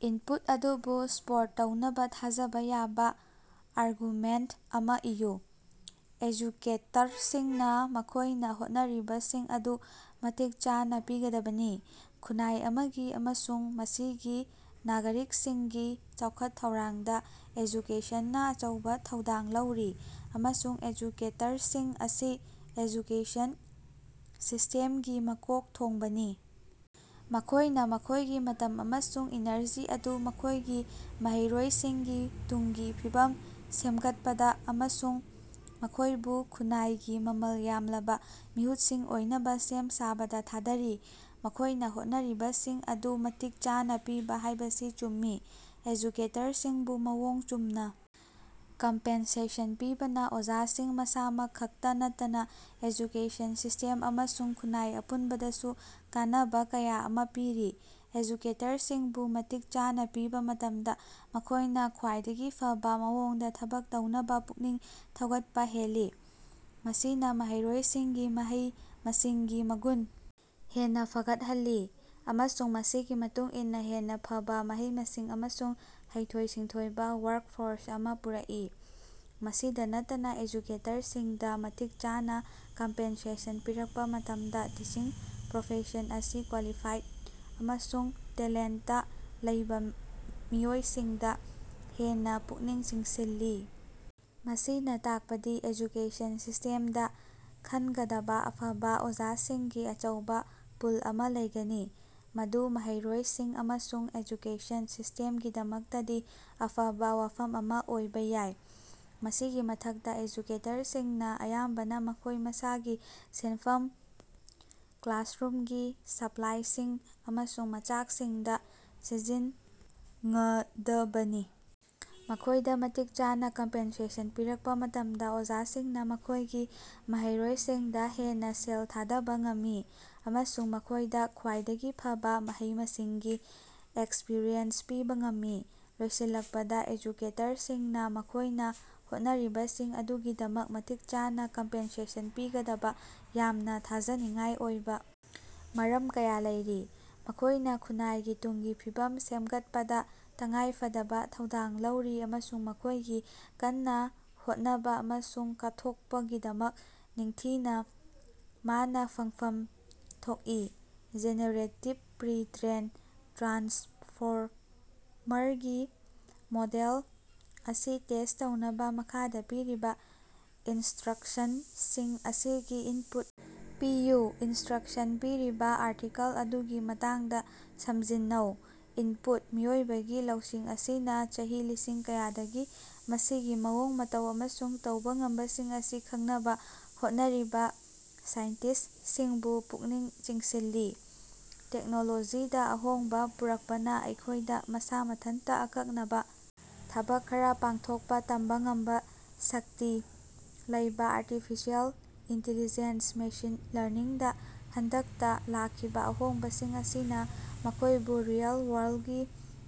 Input ꯑꯗꯨꯕꯨ support ꯇꯧꯅꯕ ꯊꯥꯖꯕ ꯌꯥꯕ ꯑꯥꯔꯒꯨꯃꯦꯟꯇ ꯑꯃ ꯏꯌꯨ꯫ ꯑꯦꯖꯨꯀꯦꯇꯔꯁꯤꯡꯅ ꯃꯈꯣꯏꯅ ꯍꯣꯠꯅꯔꯤꯕꯁꯤꯡ ꯑꯗꯨ ꯃꯇꯤꯛ ꯆꯥꯅ ꯄꯤꯒꯗꯕꯅꯤ꯫ ꯈꯨꯟꯅꯥꯏ ꯑꯃꯒꯤ ꯑꯃꯁꯨꯡ ꯃꯁꯤꯒꯤ ꯅꯥꯒꯔꯤꯛꯁꯤꯡꯒꯤ ꯆꯥꯎꯈꯠ-ꯊꯧꯔꯥꯡꯗ ꯑꯦꯖꯨꯀꯦꯁꯟꯅ ꯑꯆꯧꯕ ꯊꯧꯗꯥꯡ ꯂꯧꯔꯤ, ꯑꯃꯁꯨꯡ ꯑꯦꯖꯨꯀꯦꯇꯔꯁꯤꯡ ꯑꯁꯤ ꯑꯦꯖꯨꯀꯦꯁꯟ ꯁꯤꯁꯇꯦꯝꯒꯤ ꯃꯀꯣꯛ ꯊꯣꯡꯕꯅꯤ꯫ ꯃꯈꯣꯏꯅ ꯃꯈꯣꯏꯒꯤ ꯃꯇꯝ ꯑꯃꯁꯨꯡ ꯏꯅꯔꯖꯤ ꯑꯗꯨ ꯃꯈꯣꯏꯒꯤ ꯃꯍꯩꯔꯣꯏꯁꯤꯡꯒꯤ ꯇꯨꯡꯒꯤ ꯐꯤꯕꯝ ꯁꯦꯝꯒꯠꯄꯗ ꯑꯃꯁꯨꯡ ꯃꯈꯣꯏꯕꯨ ꯈꯨꯟꯅꯥꯏꯒꯤ ꯃꯃꯜ ꯌꯥꯝꯂꯕ ꯃꯤꯍꯨꯠꯁꯤꯡ ꯑꯣꯏꯅꯕ ꯁꯦꯝ ꯁꯥꯕꯗ ꯊꯥꯗꯔꯤ꯫ ꯃꯈꯣꯏꯅ ꯍꯣꯠꯅꯔꯤꯕꯁꯤꯡ ꯑꯗꯨ ꯃꯇꯤꯛ ꯆꯥꯅ ꯄꯤꯕ ꯍꯥꯏꯕꯁꯤ ꯆꯨꯝꯃꯤ ꯫ ꯑꯦꯖꯨꯀꯦꯇꯔꯁꯤꯡꯕꯨ ꯃꯑꯣꯡ ꯆꯨꯝꯅ ꯀꯝꯄꯦꯟꯁꯦꯁꯟ ꯄꯤꯕꯅ ꯑꯣꯖꯥꯁꯤꯡ ꯃꯁꯥꯃꯛ ꯈꯛꯇꯥ ꯅꯠꯇꯅ ꯑꯦꯖꯨꯀꯦꯁꯟ ꯁꯤꯁꯇꯦꯝ ꯑꯃꯁꯨꯡ ꯈꯨꯟꯅꯥꯏ ꯑꯄꯨꯟꯕꯗꯁꯨ ꯀꯥꯟꯅꯕ ꯀꯌꯥ ꯑꯃ ꯄꯤꯔꯤ꯫ ꯑꯦꯖꯨꯀꯦꯇꯔꯁꯤꯡꯕꯨ ꯃꯇꯤꯛ ꯆꯥꯅ ꯄꯤꯕ ꯃꯇꯝꯗ ꯃꯈꯣꯏꯅ ꯈ꯭ꯋꯥꯏꯗꯒꯤ ꯐꯕꯥ ꯃꯑꯣꯡꯗ ꯊꯕꯛ ꯇꯧꯅꯕ ꯄꯨꯛꯅꯤꯡ ꯊꯧꯒꯠꯄ ꯍꯦꯜꯂꯤ꯫ ꯃꯁꯤꯅ ꯃꯍꯩꯔꯣꯏꯁꯤꯡꯒꯤ ꯃꯍꯩ-ꯃꯁꯤꯡꯒꯤ ꯃꯒꯨꯟ ꯍꯦꯟꯅ ꯐꯒꯠꯍꯜꯂꯤ, ꯑꯃꯁꯨꯡ ꯃꯁꯤꯒꯤ ꯃꯇꯨꯡ ꯏꯟꯅ ꯍꯦꯟꯅ ꯐꯕꯥ ꯃꯍꯩ-ꯃꯁꯤꯡ ꯑꯃꯁꯨꯡ ꯍꯩꯊꯣꯏ-ꯁꯤꯡꯊꯣꯏꯕ ꯋꯥꯔꯛꯐꯣꯔꯁ ꯑꯃ ꯄꯨꯔꯛꯏ꯫ ꯃꯁꯤꯗ ꯅꯠꯇꯅ ꯑꯦꯖꯨꯀꯦꯇꯔꯁꯤꯡꯗ ꯃꯇꯤꯛ ꯆꯥꯅ ꯀꯝꯄꯦꯟꯁꯦꯁꯟ ꯄꯤꯔꯛꯄ ꯃꯇꯝꯗ ꯇꯤꯆꯤꯡ ꯄ꯭ꯔꯣꯐꯦꯁꯟ ꯑꯁꯤ ꯀ꯭ꯋꯥꯂꯤꯐꯥꯏꯗ ꯑꯃꯁꯨꯡ ꯇꯦꯂꯦꯟꯇꯥ ꯂꯩꯕ ꯃꯤꯑꯣꯏꯁꯤꯡꯗ ꯍꯦꯟꯅ ꯄꯨꯛꯅꯤꯡ ꯆꯤꯡꯁꯤꯜꯂꯤ꯫ ꯃꯁꯤꯅ ꯇꯥꯛꯄꯗꯤ ꯑꯦꯖꯨꯀꯦꯁꯟ ꯁꯤꯁꯇꯦꯝꯗꯥ ꯈꯟꯒꯗꯕ ꯑꯐꯕꯥ ꯑꯣꯖꯥꯁꯤꯡꯒꯤ ꯑꯆꯧꯕ ꯄꯨꯜ ꯑꯃ ꯂꯩꯒꯅꯤ, ꯃꯗꯨ ꯃꯍꯩꯔꯣꯏꯁꯤꯡ ꯑꯃꯁꯨꯡ ꯑꯦꯖꯨꯀꯦꯁꯟ ꯁꯤꯁꯇꯦꯝꯒꯤꯗꯃꯛꯇꯗꯤ ꯑꯐꯕꯥ ꯋꯥꯐꯝ ꯑꯃ ꯑꯣꯏꯕ ꯌꯥꯏ꯫ ꯃꯁꯤꯒꯤ ꯃꯊꯛꯇ, ꯑꯦꯖꯨꯀꯦꯇꯔꯁꯤꯡꯅ ꯑꯌꯥꯝꯕꯅ ꯃꯈꯣꯏ ꯃꯁꯥꯒꯤ ꯁꯦꯟꯐꯝ ꯀ꯭ꯂꯥꯁꯔꯨꯝꯒꯤ ꯁꯞꯄ꯭ꯂꯥꯏꯁꯤꯡ ꯑꯃꯁꯨꯡ ꯃꯆꯥꯛꯁꯤꯡꯗ ꯁꯤꯖꯤꯟꯉꯗꯕꯅꯤ꯫ ꯃꯈꯣꯏꯗ ꯃꯇꯤꯛ ꯆꯥꯅ ꯀꯝꯄꯦꯟꯁꯦꯁꯟ ꯄꯤꯔꯛꯄ ꯃꯇꯝꯗ ꯑꯣꯖꯥꯁꯤꯡꯅ ꯃꯈꯣꯏꯒꯤ ꯃꯍꯩꯔꯣꯏꯁꯤꯡꯗ ꯍꯦꯟꯅ ꯁꯦꯜ ꯊꯥꯗꯕ ꯉꯝꯃꯤ ꯑꯃꯁꯨꯡ ꯃꯈꯣꯏꯗ ꯈ꯭ꯋꯥꯏꯗꯒꯤ ꯐꯕꯥ ꯃꯍꯩ-ꯃꯁꯤꯡꯒꯤ ꯑꯦꯛꯁꯄꯤꯔꯤꯌꯦꯟꯁ ꯄꯤꯕ ꯉꯝꯃꯤ꯫ ꯂꯣꯏꯁꯤꯜꯂꯛꯄꯗ, ꯑꯦꯖꯨꯀꯦꯇꯔꯁꯤꯡꯅ ꯃꯈꯣꯏꯅ ꯍꯣꯠꯅꯔꯤꯕꯁꯤꯡ ꯑꯗꯨꯒꯤꯗꯃꯛ ꯃꯇꯤꯛ ꯆꯥꯅ ꯀꯝꯄꯦꯟꯁꯦꯁꯟ ꯄꯤꯒꯗꯕ ꯌꯥꯝꯅ ꯊꯥꯖꯅꯤꯡꯉꯥꯏ ꯑꯣꯏꯕ ꯃꯔꯝ ꯀꯌꯥ ꯂꯩꯔꯤ꯫ ꯃꯈꯣꯏꯅ ꯈꯨꯟꯅꯥꯏꯒꯤ ꯇꯨꯡꯒꯤ ꯐꯤꯕꯝ ꯁꯦꯝꯒꯠꯄꯗ ꯇꯉꯥꯏꯐꯗꯕ ꯊꯧꯗꯥꯡ ꯂꯧꯔꯤ ꯑꯃꯁꯨꯡ ꯃꯈꯣꯏꯒꯤ ꯀꯟꯅꯥ ꯍꯣꯠꯅꯕ ꯑꯃꯁꯨꯡ ꯀꯠꯊꯣꯛꯄꯒꯤꯗꯃꯛ ꯅꯤꯡꯊꯤꯅ ꯃꯥꯅ ꯐꯪꯐꯝ ꯊꯣꯛꯏ꯫ ꯖꯦꯅꯦꯔꯦꯇꯤꯚ ꯄ꯭ꯔꯤ-ꯇ꯭ꯔꯦꯟ ꯇ꯭ꯔꯥꯟꯁꯐꯣꯃꯔꯒꯤ ꯃꯣꯗꯦꯜ ꯑꯁꯤ ꯇꯦꯁ ꯇꯧꯅꯕ ꯃꯈꯥꯗ ꯄꯤꯔꯤꯕ ꯏꯟꯁꯇ꯭ꯔꯛꯁꯟꯁꯤꯡ ꯑꯁꯤꯒꯤ ꯏꯟꯄꯨꯠ ꯄꯤꯌꯨ꯫ ꯏꯟꯁꯇ꯭ꯔꯛꯁꯟ: ꯄꯤꯔꯤꯕ ꯑꯥꯔꯇꯤꯀꯜ ꯑꯗꯨꯒꯤ ꯃꯇꯥꯡꯗ ꯁꯝꯖꯤꯟꯅꯧ꯫ ꯏꯟꯄꯨꯠ: ꯃꯤꯑꯣꯏꯕꯒꯤ ꯂꯧꯁꯤꯡ ꯑꯁꯤꯅ ꯆꯍꯤ ꯂꯤꯁꯤꯡ ꯀꯌꯥꯗꯒꯤ ꯃꯁꯤꯒꯤ ꯃꯑꯣꯡ ꯃꯇꯧ ꯑꯃꯁꯨꯡ ꯇꯧꯕ ꯉꯝꯕꯁꯤꯡ ꯑꯁꯤ ꯈꯪꯅꯕ ꯍꯣꯠꯅꯔꯤꯕ ꯁꯥꯏꯟꯇꯤꯁꯠꯁꯤꯡꯕꯨ ꯄꯨꯛꯅꯤꯡ ꯆꯤꯡꯁꯤꯜꯂꯤ꯫ ꯇꯦꯛꯅꯣꯂꯣꯖꯤꯗ ꯑꯍꯣꯡꯕ ꯄꯨꯔꯛꯄꯅ ꯑꯩꯈꯣꯏꯗ ꯃꯁꯥ ꯃꯊꯟꯇ ꯑꯀꯛꯅꯕ ꯊꯕꯛ ꯈꯔ ꯄꯥꯡꯊꯣꯛꯄ ꯇꯝꯕ ꯉꯝꯕ ꯁꯛꯇꯤ ꯂꯩꯕ ꯑꯥꯔꯇꯤꯐꯤꯁꯤꯌꯦꯜ ꯏꯟꯇꯤꯂꯤꯖꯦꯟꯁ ꯃꯦꯁꯤꯟ ꯂꯔꯅꯤꯡꯗ ꯍꯟꯗꯛꯇ ꯂꯥꯛꯈꯤꯕ ꯑꯍꯣꯡꯕꯁꯤꯡ ꯑꯁꯤꯅ ꯃꯈꯣꯏꯕꯨ ꯔꯤꯑꯦꯜ-ꯋꯥꯔꯜꯗꯒꯤ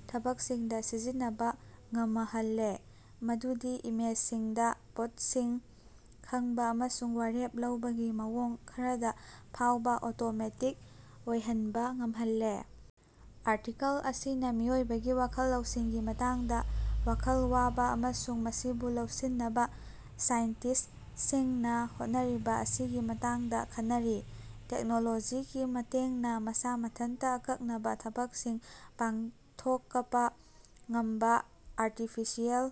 ꯊꯕꯛꯁꯤꯡꯗ ꯁꯤꯖꯤꯟꯅꯕ ꯉꯝꯍꯜꯂꯦ, ꯃꯗꯨꯗꯤ ꯏꯃꯦꯖꯁꯤꯡꯗ ꯄꯣꯠꯁꯤꯡ ꯈꯪꯕ ꯑꯃꯁꯨꯡ ꯋꯥꯔꯦꯞ ꯂꯧꯕꯒꯤ ꯃꯑꯣꯡ ꯈꯔꯗ ꯐꯥꯎꯕ ꯑꯣꯇꯣꯃꯦꯇꯤꯛ ꯑꯣꯏꯍꯟꯕ ꯉꯝꯍꯜꯂꯦ꯫ ꯑꯥꯔꯇꯤꯀꯜ ꯑꯁꯤꯅ ꯃꯤꯑꯣꯏꯕꯒꯤ ꯋꯈꯜ ꯂꯧꯁꯤꯡꯒꯤ ꯃꯇꯥꯡꯗ ꯋꯈꯜ ꯋꯥꯕ ꯑꯃꯁꯨꯡ ꯃꯁꯤꯕꯨ ꯂꯧꯁꯤꯟꯅꯕ ꯁꯥꯏꯟꯇꯤꯁꯠꯁꯤꯡꯅ ꯍꯣꯠꯅꯔꯤꯕ ꯑꯁꯤꯒꯤ ꯃꯇꯥꯡꯗ ꯈꯟꯅꯔꯤ꯫ ꯇꯦꯛꯅꯣꯂꯣꯖꯤꯒꯤ ꯃꯇꯦꯡꯅ ꯃꯁꯥ ꯃꯊꯟꯇ ꯑꯀꯛꯅꯕ ꯊꯕꯛꯁꯤꯡ ꯄꯥꯡꯊꯣꯛꯄꯥ ꯉꯝꯕꯥ ꯑꯥꯔꯇꯤꯐꯤꯁꯤꯌꯦꯜ꯫